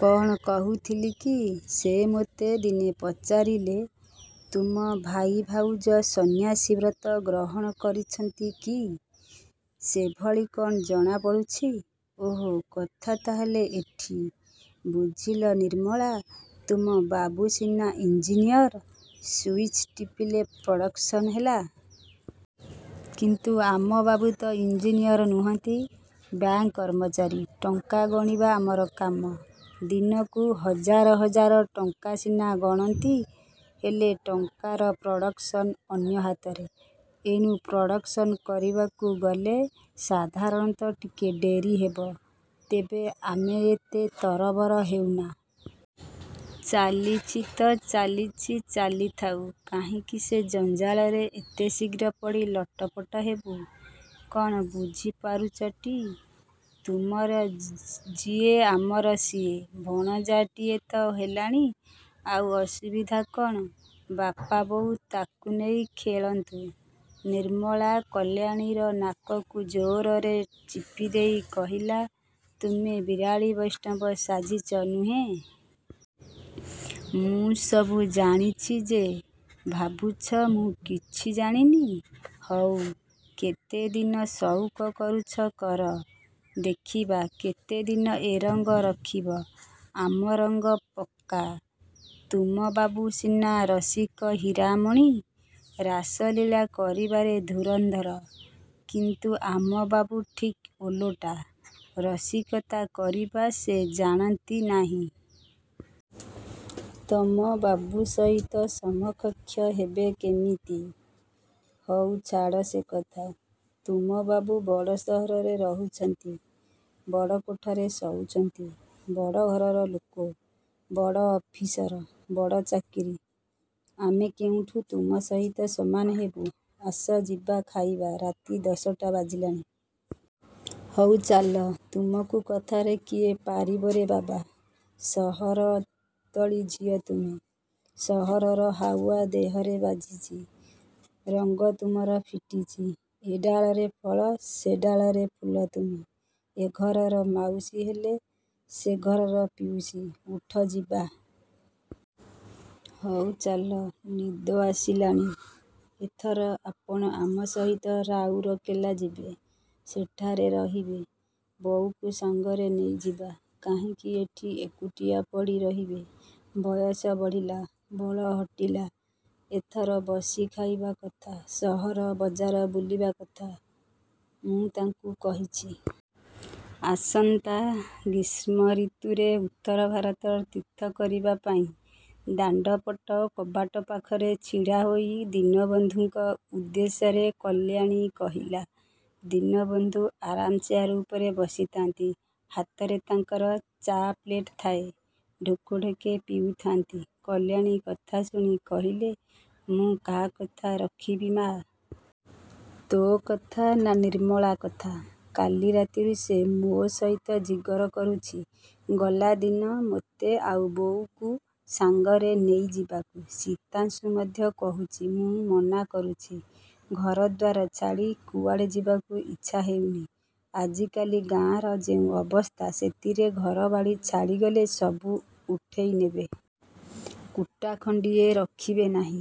କ'ଣ କହୁଥିଲି କି, ସେ ମୋତେ ଦିନେ ପଚାରିଲେ, ତୁମ ଭାଇ ଭାଉଜ ସନ୍ୟାସୀ ବ୍ରତ ଗ୍ରହଣ କରିଛନ୍ତି କି? ସେଭଳି କ'ଣ ଜଣା ପଡ଼ୁଛି। ଓଃ କଥା ତା'ହେଲେ ଏଠି। ବୁଝିଲ ନିର୍ମଳା ତୁମ ବାବୁ ସିନା ଇଞ୍ଜିନିୟର। ସୁଇଚ୍ ଟିପିଲେ ପ୍ରଡ଼କ୍ସନ ହେଲା। କିନ୍ତୁ ଆମବାବୁ ତ ଇଞ୍ଜିନିୟର ନୁହଁନ୍ତି, ବ୍ୟାଙ୍କ କର୍ମଚାରୀ। ଟଙ୍କା ଗଣିବା ଆମର କାମ। ଦିନକୁ ହଜାର ହଜାର ଟଙ୍କା ସିନା ଗଣନ୍ତି, ହେଲେ ଟଙ୍କାର ପ୍ରଡ଼କ୍ସନ ଅନ୍ୟ ହାତରେ। ଏଣୁ ପ୍ରଡ଼କ୍ସନ କରିବାକୁ ଗଲେ ସାଧାରଣତଃ ଟିକେ ଡେରି ହେବ। ତେବେ ଆମେ ଏତେ ତରବର ହେଉନା। ଚାଲିଛି ତ ଚାଲିଛି ଚାଲିଥାଉ। କାହିଁକି ସେ ଜଞ୍ଜାଳରେ ଏତେ ଶୀଘ୍ର ପଡ଼ି ଲଟପଟ ହେବୁ। କ'ଣ ବୁଝି ପାରୁଛଟି? ତୁମର ଯିଏ ଆମର ସିଏ। ଭଣଜାଟିଏ ତ ହେଲାଣି ଆଉ ଅସୁବିଧା କ'ଣ? ବାପା ବୋଉ ତା'କୁ ନେଇ ଖେଳନ୍ତୁ। ନିର୍ମଳା କଲ୍ୟାଣୀର ନାକକୁ ଜୋରରେ ଚିପିଦେଇ କହିଲା ତୁମେ ବିରାଡ଼ି ବୈଷ୍ଣବ ସାଜିଛ ନୁହେଁ? ମୁଁ ସବୁ ଜାଣିଛି ଯେ। ଭାବୁଛ ମୁଁ କିଛି ଜାଣିନି। ହଉ କେତେଦିନ ସଉକ କରୁଛ କର। ଦେଖିବା କେତେଦିନ ଏ ରଙ୍ଗ ରଖିବ। ଆମ ରଙ୍ଗ ପକା। ତୁମବାବୁ ସିନା ରସିକ ହୀରାମଣି। ରାସଲୀଳା କରିବାରେ ଧୂରନ୍ଧର। କିନ୍ତୁ ଆମବାବୁ ଠିକ୍ ଓଲଟା, ରସିକତା କରିବା ସେ ଜାଣନ୍ତି ନାହିଁ। ତମବାବୁ ସହିତ ସମକକ୍ଷ ହେବେ କେମିତି? ହଉ ଛାଡ଼ ସେ କଥା। ତୁମବାବୁ ବଡ଼ ସହରରେ ରହୁଛନ୍ତି, ବଡ଼ କୋଠାରେ ଶୋଉଛନ୍ତି, ବଡ଼ ଘରର ଲୋକ, ବଡ଼ ଅଫିସର, ବଡ଼ ଚାକିରି, ଆମେ କେଉଁଠୁ ତୁମ ସହିତ ସମାନ ହେବୁ। ଆସ ଯିବା ଖାଇବା, ରାତି ଦଶଟା ବାଜିଲାଣି। ହଉ ଚାଲ। ତୁମକୁ କଥାରେ କିଏ ପାରିବରେ ବାବା। ସହର ତଳି ଝିଅ ତୁମେ। ସହରର ହାଉଆ ଦେହରେ ବାଜିଛି। ରଙ୍ଗ ତୁମର ଫିଟିଛି, ଏ ଡାଳରେ ଫଳ ସେ ଡାଳରେ ଫୁଲ ତୁମେ। ଏ ଘରର ମାଉସୀ ହେଲେ ସେ ଘରର ପିଉସୀ, ଉଠ, ଯିବା। ହଁ ଚାଲ, ନିଦ ଆସିଲାଣି। ଏଥର ଆପଣ ଆମ ସହିତ ରାଉରକେଲା ଯିବେ। ସେଠାରେ ରହିବେ। ବୋଉକୁ ସଙ୍ଗରେ ନେଇଯିବା। କାହିଁକି ଏଠି ଏକୁଟିଆ ପଡ଼ି ରହିବେ। ବୟସ ବଢ଼ିଲା, ବଳ ହଟିଲା, ଏଥର ବସି ଖାଇବା କଥା। ସହର ବଜାର ବୁଲିବା କଥା। ମୁଁ ତାଙ୍କୁ କହିଛି। ଆସନ୍ତା ଗ୍ରୀଷ୍ମ ଋତୁରେ ଉତ୍ତର ଭାରତ ତୀର୍ଥ କରିବା ପାଇଁ। ଦାଣ୍ଡପଟ କବାଟ ପାଖରେ ଛିଡ଼ାହୋଇ ଦୀନବନ୍ଧୁଙ୍କ ଉଦ୍ଦେଶ୍ୟରେ କଲ୍ୟାଣୀ କହିଲା। ଦୀନବନ୍ଧୁ ଆରାମ୍ ଚେୟାର ଉପରେ ବସିଥାନ୍ତି। ହାତରେ ତାଙ୍କର ଚା' ପ୍ଳେଟ୍ ଥାଏ। ଢୋକେ ଢୋକେ ପିଉଥାନ୍ତି। କଲ୍ୟାଣୀ କଥାଶୁଣି କହିଲେ, ମୁଁ କାହା କଥା ରଖିବି ମା'! ତୋ' କଥା ନା ନିର୍ମଳା କଥା। କାଲି ରାତିରୁ ସେ ମୋ ସହିତ ଜିଗର କରୁଛି ଗଲାଦିନ ମୋତେ ଆଉ ବୋଉକୁ ସାଙ୍ଗରେ ନେଇଯିବାକୁ। ଶୀତାଂଶୁ ମଧ୍ୟ କହୁଛି, ମୁଁ ମନା କରୁଛି। ଘରଦ୍ୱାର ଛାଡ଼ି କୁଆଡ଼େ ଯିବାକୁ ଇଚ୍ଛା ହେଉନି। ଆଜିକାଲି ଗାଁର ଯେଉଁ ଅବସ୍ଥା, ସେଥିରେ ଘରବାଡ଼ି ଛାଡ଼ିଗଲେ ସବୁ ଉଠେଇ ନେବେ। କୁଟା ଖଣ୍ଡିଏ ରଖିବେ ନାହିଁ।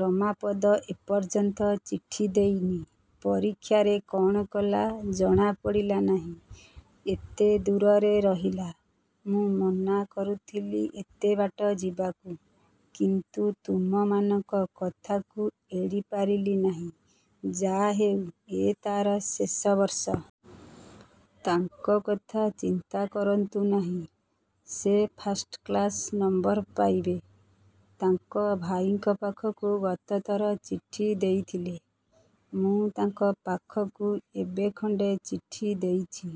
ରମାପଦ ଏ ପର୍ଯ୍ୟନ୍ତ ଚିଠି ଦେଇନି। ପରୀକ୍ଷାରେ କ'ଣ କଲା, ଜଣା ପଡ଼ିଲା ନାହିଁ। ଏତେ ଦୂରରେ ରହିଲା। ମୁଁ ମନା କରୁଥିଲି ଏତେ ବାଟ ଯିବାକୁ। କିନ୍ତୁ ତୁମମାନଙ୍କ କଥାକୁ ଏଡ଼ି ପାରିଲି ନାହିଁ। ଯାହା ହେଉ ଏ ତା'ର ଶେଷ ବର୍ଷ। ତାଙ୍କ କଥା ଚିନ୍ତା କରନ୍ତୁ ନାହିଁ, ସେ ଫାଷ୍ଟକ୍ଳାସ ନମ୍ୱର ପାଇବେ। ତାଙ୍କ ଭାଇଙ୍କ ପାଖକୁ ଗତଥର ଚିଠି ଦେଇଥିଲେ। ମୁଁ। ତାଙ୍କ ପାଖକୁ ଏବେ ଖଣ୍ଡେ ଚିଠି ଦେଇଛି।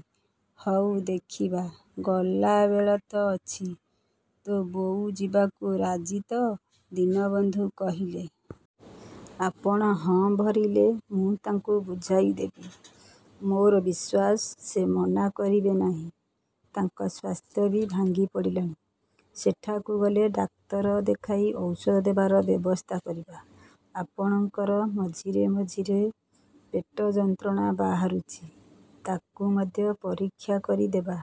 ହଉ ଦେଖିବା, ଗଲାବେଳ ତ ଅଛି। ତୋ ବୋଉ ଯିବାକୁ ରାଜି ତ, ଦୀନବନ୍ଧୁ କହିଲେ। ଆପଣ ହଁ ଭରିଲେ ମୁଁ ତାଙ୍କୁ ବୁଝାଇ ଦେବି। ମୋର ବିଶ୍ୱାସ ସେ ମନା କରିବେ ନାହିଁ। ତାଙ୍କ ସ୍ୱାସ୍ଥ୍ୟ ବି ଭାଙ୍ଗି ପଡ଼ିଲାଣି। ସେଠାକୁ ଗଲେ ଡାକ୍ତର ଦେଖାଇ ଔଷଧ ଦେବାର ବ୍ୟବସ୍ଥା କରିବା। ଆପଣଙ୍କର ମଝିରେ ମଝିରେ ପେଟ ଯନ୍ତ୍ରଣା ବାହାରୁଛି, ତା'କୁ ମଧ୍ୟ ପରୀକ୍ଷା କରି ଦେବା।